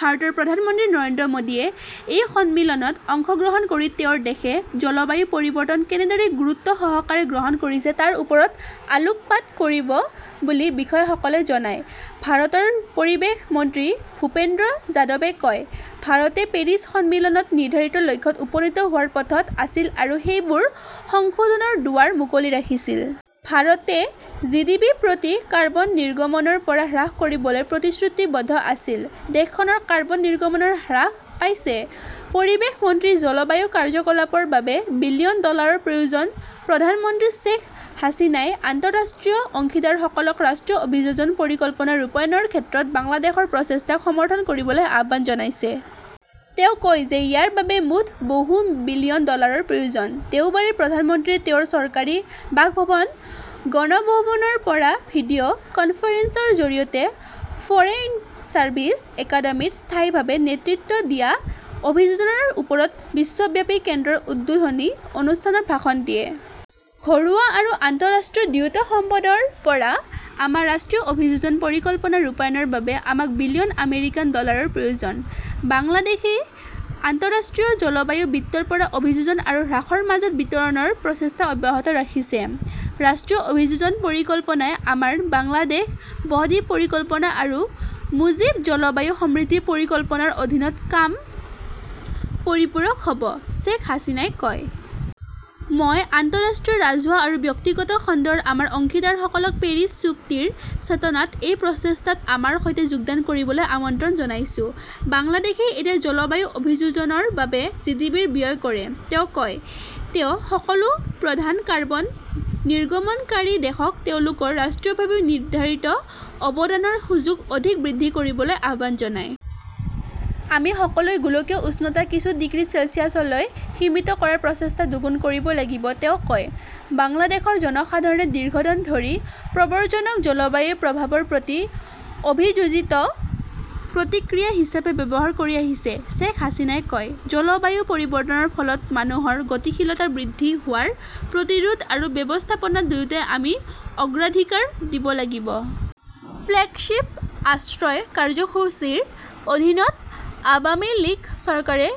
ভাৰতৰ প্ৰধানমন্ত্ৰী নৰেন্দ্ৰ মোদীয়ে এই সন্মিলনত অংশগ্ৰহণ কৰি তেওঁৰ দেশে জলবায়ু পৰিৱৰ্তন কেনেদৰে গুৰুত্বসহকাৰে গ্ৰহণ কৰিছে তাৰ ওপৰত আলোকপাত কৰিব বুলি বিষয়াসকলে জনায়। ভাৰতৰ পৰিৱেশ মন্ত্ৰী ভূপেন্দ্ৰ যাদৱে কয়, "ভাৰতে পেৰিছ সন্মিলনত নিৰ্ধাৰিত লক্ষ্যত উপনীত হোৱাৰ পথত আছিল আৰু সেইবোৰ সংশোধনৰ দুৱাৰ মুকলি ৰাখিছিল। "ভাৰতে জিডিপি-প্ৰতি কাৰ্বন নিৰ্গমনৰ পৰা হ্ৰাস কৰিবলৈ প্ৰতিশ্ৰুতিবদ্ধ আছিল। দেশখনৰ কাৰ্বন নিৰ্গমন হ্ৰাস পাইছে। পৰিৱেশ মন্ত্ৰীঃ জলবায়ু কাৰ্যকলাপৰ বাবে বিলিয়ন ডলাৰৰ প্ৰয়োজন প্ৰধানমন্ত্ৰী শ্বেখ হাছিনাই আন্তঃৰাষ্ট্ৰীয় অংশীদাৰসকলক ৰাষ্ট্ৰীয় অভিযোজন পৰিকল্পনা ৰূপায়ণৰ ক্ষেত্ৰত বাংলাদেশৰ প্ৰচেষ্টাক সমৰ্থন কৰিবলৈ আহ্বান জনাইছে। তেওঁ কয় যে ইয়াৰ বাবে মুঠ বহু বিলিয়ন ডলাৰৰ প্ৰয়োজন। দেওবাৰে প্ৰধানমন্ত্ৰীয়ে তেওঁৰ চৰকাৰী বাসভৱন গণভৱনৰ পৰা ভিডিঅ 'কনফাৰেন্সৰ জৰিয়তে ফৰেইন চাৰ্ভিচ একাডেমীত "স্থানীয়ভাৱে নেতৃত্ব দিয়া অভিযোজনৰ ওপৰত বিশ্বব্যাপী কেন্দ্ৰ" ৰ উদ্বোধনী অনুষ্ঠানত ভাষণ দিয়ে। "ঘৰুৱা আৰু আন্তঃৰাষ্ট্ৰীয় দুয়োটা সম্পদৰ পৰা আমাৰ ৰাষ্ট্ৰীয় অভিযোজন পৰিকল্পনা ৰূপায়ণৰ বাবে আমাক বিলিয়ন আমেৰিকান ডলাৰৰ প্ৰয়োজন। বাংলাদেশই আন্তঃৰাষ্ট্ৰীয় জলবায়ু বিত্তৰ পৰা অভিযোজন আৰু হ্ৰাসৰ মাজত বিতৰণৰ প্ৰচেষ্টা অব্যাহত ৰাখিছে। "ৰাষ্ট্ৰীয় অভিযোজন পৰিকল্পনাই আমাৰ বাংলাদেশ ব-দ্বীপ পৰিকল্পনা আৰু মুজীব জলবায়ু সমৃদ্ধি পৰিকল্পনাৰ অধীনত কৰা কামৰ পৰিপূৰক হ'ব ", শ্বেখ হাছিনাই কয়। মই আন্তঃৰাষ্ট্ৰীয় ৰাজহুৱা আৰু ব্যক্তিগত খণ্ডৰ আমাৰ অংশীদাৰসকলক পেৰিছ চুক্তিৰ চেতনাত এই প্ৰচেষ্টাত আমাৰ সৈতে যোগদান কৰিবলৈ আমন্ত্ৰণ জনাইছো। "বাংলাদেশই এতিয়া জলবায়ু অভিযোজনৰ বাবে জিডিপিৰ ব্যয় কৰে", তেওঁ কয়। "তেওঁ সকলো প্ৰধান কাৰ্বন নিৰ্গমনকাৰী দেশক তেওঁলোকৰ ৰাষ্ট্ৰীয়ভাৱে নিৰ্ধাৰিত অৱদানৰ সুযোগ অধিক বৃদ্ধি কৰিবলৈ আহ্বান জনায়। "আমি সকলোৱে গোলকীয় উষ্ণতা কিছু ডিগ্ৰী চেলছিয়াছলৈ সীমিত কৰাৰ প্ৰচেষ্টা দুগুণ কৰিব লাগিব", তেওঁ কয়। "বাংলাদেশৰ জনসাধাৰণে দীৰ্ঘদিন ধৰি প্ৰব্ৰজনক জলবায়ু প্ৰভাৱৰ প্ৰতি অভিযোজিত প্ৰতিক্ৰিয়া হিচাপে ব্যৱহাৰ কৰি আহিছে", শ্বেখ হাছিনাই কয়। জলবায়ু পৰিৱৰ্তনৰ ফলত মানুহৰ গতিশীলতা বৃদ্ধি হোৱাৰ প্ৰতিৰোধ আৰু ব্যৱস্থাপনা দুয়োটাই আমি অগ্ৰাধিকাৰ দিব লাগিব। "ফ্লেগশ্বিপ আশ্ৰয় কাৰ্যসূচীৰ অধীনত আৱামী লীগ চৰকাৰে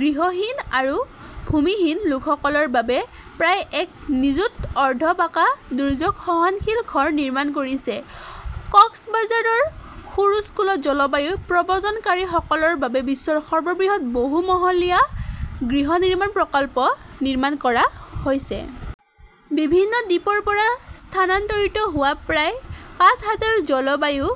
গৃহহীন আৰু ভূমিহীন লোকসকলৰ বাবে প্ৰায় এক নিযুত অৰ্ধ-পাকা দুৰ্যোগ সহনশীল ঘৰ নিৰ্মাণ কৰিছে। কক্সবাজাৰৰ খুৰুছকুলত জলবায়ু প্ৰব্ৰজনকাৰীসকলৰ বাবে বিশ্বৰ সৰ্ববৃহৎ বহুমহলীয়া গৃহ নিৰ্মাণ প্ৰকল্প নিৰ্মাণ কৰা হৈছে। বিভিন্ন দ্বীপৰ পৰা স্থানান্তৰিত হোৱা প্ৰায় পাঁচ হাজাৰ জলবায়ু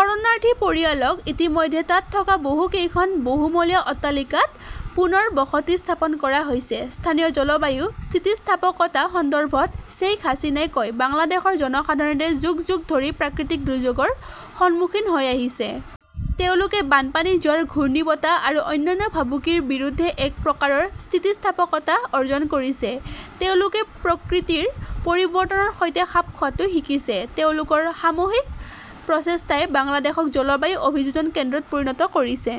শৰণাৰ্থী পৰিয়ালক ইতিমধ্যে তাত থকা বহু কেইখন বহুমহলীয়া অট্টালিকাত পুনৰ বসতি স্থাপন কৰা হৈছে। স্থানীয় জলবায়ু স্থিতিস্থাপকতা সন্দৰ্ভত শ্বেইখ হাছিনাই কয়, "বাংলাদেশৰ জনসাধাৰণে যুগ যুগ ধৰি প্ৰাকৃতিক দুৰ্যোগৰ সন্মুখীন হৈ আহিছে। তেওঁলোকে বানপানী, জোৱাৰ, ঘূৰ্ণীবতাহ আৰু অন্যান্য ভাবুকিৰ বিৰুদ্ধে এক প্ৰকাৰৰ স্থিতিস্থাপকতা অৰ্জন কৰিছে। তেওঁলোকে প্ৰকৃতিৰ পৰিৱৰ্তনৰ সৈতে খাপ খোৱাটো শিকিছে। তেওঁলোকৰ সামূহিক প্ৰচেষ্টাই বাংলাদেশক জলবায়ু অভিযোজন কেন্দ্ৰত পৰিণত কৰিছে।"